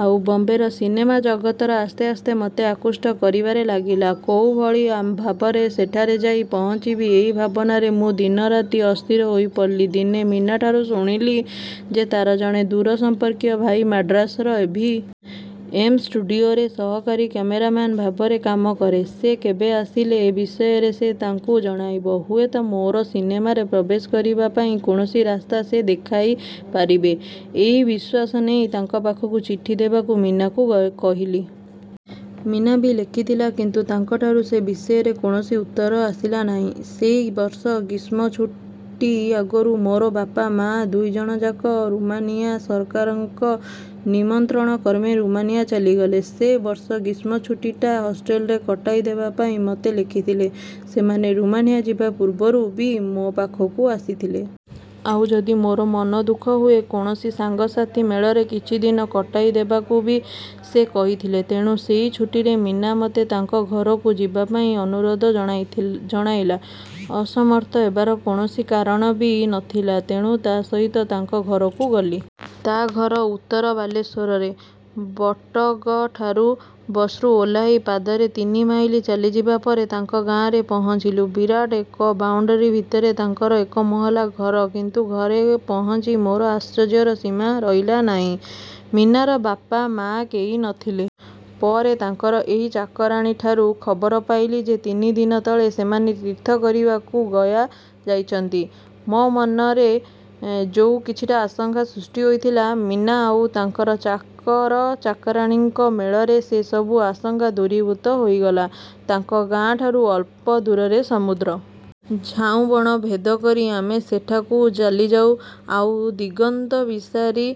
ଆଉ ବମ୍ବେର ସିନେମା ଜଗତ ଆସ୍ତେ ଆସ୍ତେ ମୋତେ ଆକୃଷ୍ଟ କରିବାରେ ଲାଗିଲା। କୋଉଭଳି ଭାବରେ ସେଠାରେ ଯାଇ ପହଞ୍ଚିବି ଏଇ ଭାବନାରେ ମୁଁ ଦିନରାତି ଅସ୍ଥିର ହେଇପଡ଼ିଲି। ଦିନେ ମୀନାଠାରୁ ଶୁଣିଲି ଯେ ତା'ର ଜଣେ ଦୂର ସମ୍ପର୍କୀୟ ଭାଇ ମାଡ୍ରାସର ଏ. ଭି. ଏମ. ଷ୍ଟୁଡ଼ିଓରେ ସହକାରୀ କ୍ୟମେରାମ୍ୟାନ ଭାବରେ କାମ କରେ। ସେ କେବେ ଆସିଲେ ଏ ବିଷୟରେ ସେ ତାଙ୍କୁ ଜଣାଇବ। ହୁଏତ ମୋର ସିନେମାରେ ପ୍ରବେଶ କରିବା ପାଇଁ କୌଣସି ରାସ୍ତା ସେ ଦେଖାଇପାରିବେ। ଏଇ ବିଶ୍ୱାସ ନେଇ ତାଙ୍କ ପାଖକୁ ଚିଠି ଦେବାକୁ ମୀନାକୁ କହିଲି। ମୀନା ବି ଲେଖିଲା କିନ୍ତୁ ତାଙ୍କଠାରୁ ସେ ବିଷୟରେ କୌଣସି ଉତ୍ତର ଆସିଲା ନାହିଁ। ସେହି ବର୍ଷ ଗ୍ରୀଷ୍ମଛୁଟି ଆଗରୁ ମୋର ବାପା, ମା ଦୁଇଜଣଯାକ ରୁମାନିୟା ସରକାରଙ୍କ ନିମନ୍ତ୍ରଣକ୍ରମେ ରୁମାନିୟା ଚାଲିଗଲେ। ସେ ବର୍ଷ ଗ୍ରୀଷ୍ମଛୁଟିଟା ହଷ୍ଟେଲରେ କଟାଇଦେବାପାଇଁ ମୋତେ ଲେଖିଥିଲେ। ସେମାନେ ରୁମାନିୟା ଯିବା ପୂର୍ବରୁ ବି ମୋ ପାଖକୁ ଆସିଥିଲେ। ଆଉ ଯଦି ମୋର ମନଦୁଃଖ ହୁଏ, କୌଣସି ସାଙ୍ଗସାଥୀ ମେଳରେ କିଛିଦିନ କଟାଇଦେବାକୁ ବି ସେ କହିଥିଲେ ତେଣୁ ସେଇ ଛୁଟିରେ ମୀନା ମୋତେ ତାଙ୍କ ଘରକୁ ଯିବାପାଇଁ ଅନୁରୋଧ ଜଣାଇଲା। ଅସମ୍ମତ ହେବାର କୌଣସି କାରଣ ବି ନ ଥିଲା, ତେଣୁ ତା ସହିତ ତାଙ୍କ ଘରକୁ ଗଲି। ତା ଘର ଉତ୍ତର ବାଲେଶ୍ୱରରେ। ବଟଗଠାରୁ ବସ୍ରୁ ଓହ୍ଲାଇ ପାଦରେ ତିନି ମାଇଲ ଚାଲିଯିବା ପରେ ତାଙ୍କ ଗାଆଁରେ ପହଞ୍ଚିଲୁଁ। ବିରାଟ ଏକ ବାଉଣ୍ଡରୀ ଭିତରେ ତାଙ୍କର ଏକମହଲା ଘର କିନ୍ତୁ ଘରେ ପହଞ୍ଚି ମୋର ଆଶ୍ଚର୍ଯ୍ୟର ସୀମା ରହିଲା ନାହିଁ। ମୀନାର ବାପା, ମା କେହି ନ ଥିଲେ। ପରେ ତାଙ୍କର ଏକ ଚାକରାଣୀଠାରୁ ଖବର ପାଇଲି ଯେ ତିନିଦିନ ତଳେ ସେମାନେ ତୀର୍ଥ କରିବାକୁ ଗୟା ଯାଇଛନ୍ତି। ମୋ ମନରେ ଯୋଉ କିଛିଟା ଆଶଙ୍କା ସୃଷ୍ଟି ହେଇଥିଲା, ମୀନା ଆଉ ତାଙ୍କର ଚାକରଚାକରାଣୀଙ୍କ ମେଳରେ ସେ ସବୁ ଆଶଙ୍କା ଦୂରୀଭୂତ ହେଇଗଲା। ତାଙ୍କ ଗାଆଁଠାରୁ ଅଳ୍ପ ଦୂରରେ ସମୁଦ୍ର।। ଝାଉଁବଣ ଭେଦ କରି ଆମେ ସେଠାକୁ ଚାଲିଯାଉଁ। ଆଉ ଦିଗନ୍ତବିସ୍ତାରୀ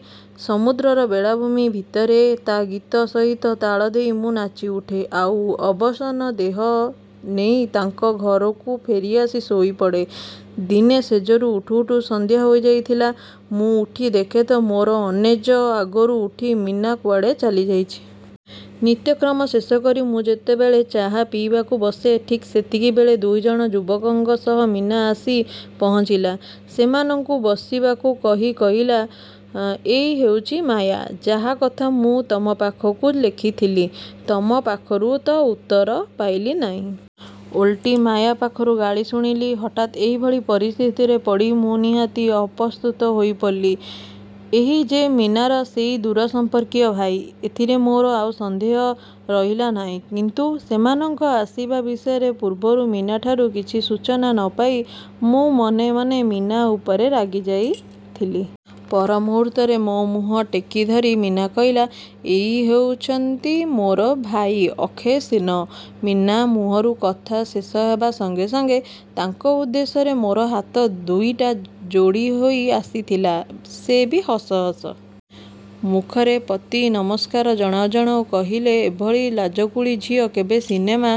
ସମୁଦ୍ରର ବେଳାଭୂମି ଭିତରେ ତା ଗୀତ ସହିତ ତାଳ ଦେଇ ମୁଁ ନାଚିଉଠେ। ଆଉ ଅବସନ୍ନ ଦେହ ନେଇ ତାଙ୍କ ଘରକୁ ଫେରିଆସି ଶୋଇପଡ଼େ। ଦିନେ ଶେଯରୁ ଉଠୁ ଉଠୁ ସନ୍ଧ୍ୟା ହେଇଯାଇଥିଲା, ମୁଁ ଉଠି ଦେଖେ ତ ମୋର ଅନେଜ ଆଗରୁ ଉଠି ମୀନା କୁଆଡ଼େ ଚାଲିଯାଇଛି। ନିତ୍ୟକର୍ମ ଶେଷ କରି ମୁଁ ଯେତେବେଳେ ଚା' ପିଇବାକୁ ବସେ ଠିକ୍ ସେତିକିବେଳେ ଦୁଇଜଣ ଯୁବକଙ୍କ ସହ ମୀନା ଆସି ପହଞ୍ଚିଲା। ସେମାନଙ୍କୁ ବସିବାକୁ କହି କହିଲା, 'ଏଇ ହେଉଛି ମାୟା, ଯାହା କଥା ମୁଁ ତମ ପାଖକୁ ଲେଖିଥିଲି। ତମ ପାଖରୁ ତ ଉତ୍ତର ପାଇଲି ନାହିଁ। ଓଲଟି ମାୟା ପାଖରୁ ଗାଳି ଶୁଣିଲି। ହଠାତ୍ ଏଭଳି ପରିସ୍ଥିତିରେ ପଡ଼ି ମୁଁ ନିହାତି ଅପ୍ରସ୍ତୁତ ହୋଇପଡ଼ିଲି। ଏଇ ଯେ ମୀନାର ସେଇ ଦୂରସମ୍ପର୍କୀୟ ଭାଇ, ଏଥିରେ ମୋର ଆଉ ସନ୍ଦେହ ରହିଲା ନାହିଁ କିନ୍ତୁ ସେମାନଙ୍କ ଆସିବା ବିଷୟରେ ପୂର୍ବରୁ ମୀନାଠାରୁ କିଛି ସୂଚନା ନ ପାଇ, ମୁଁ ମନେ ମନେ ମୀନା ଉପରେ ରାଗିଯାଇଥିଲି। ପର ମୁହୂର୍ତ୍ତରେ ମୋ ମୁହଁ ଟେକିଧରି ମୀନା କହିଲା, 'ଏଇ ହେଉଛନ୍ତି ମୋର ଭାଇ ଅକ୍ଷୟ ସେନ। ' ମୀନା ମୁହଁରୁ କଥା ଶେଷ ହେବା ସଙ୍ଗେ ସଙ୍ଗେ ତାଙ୍କ ଉଦ୍ଦେଶ୍ୟରେ ମୋର ହାତ ଦୁଇଟା ଯୋଡ଼ି ହୋଇ ଆସିଥିଲା। ସେ ବି ହସ ହସ ମୁଖରେ ପ୍ରତିନମସ୍କାର ଜଣାଉ ଜଣାଉ କହିଲେ, 'ଏଭଳି ଲାଜକୁଳୀ ଝିଅ କେବେ ସିନେମା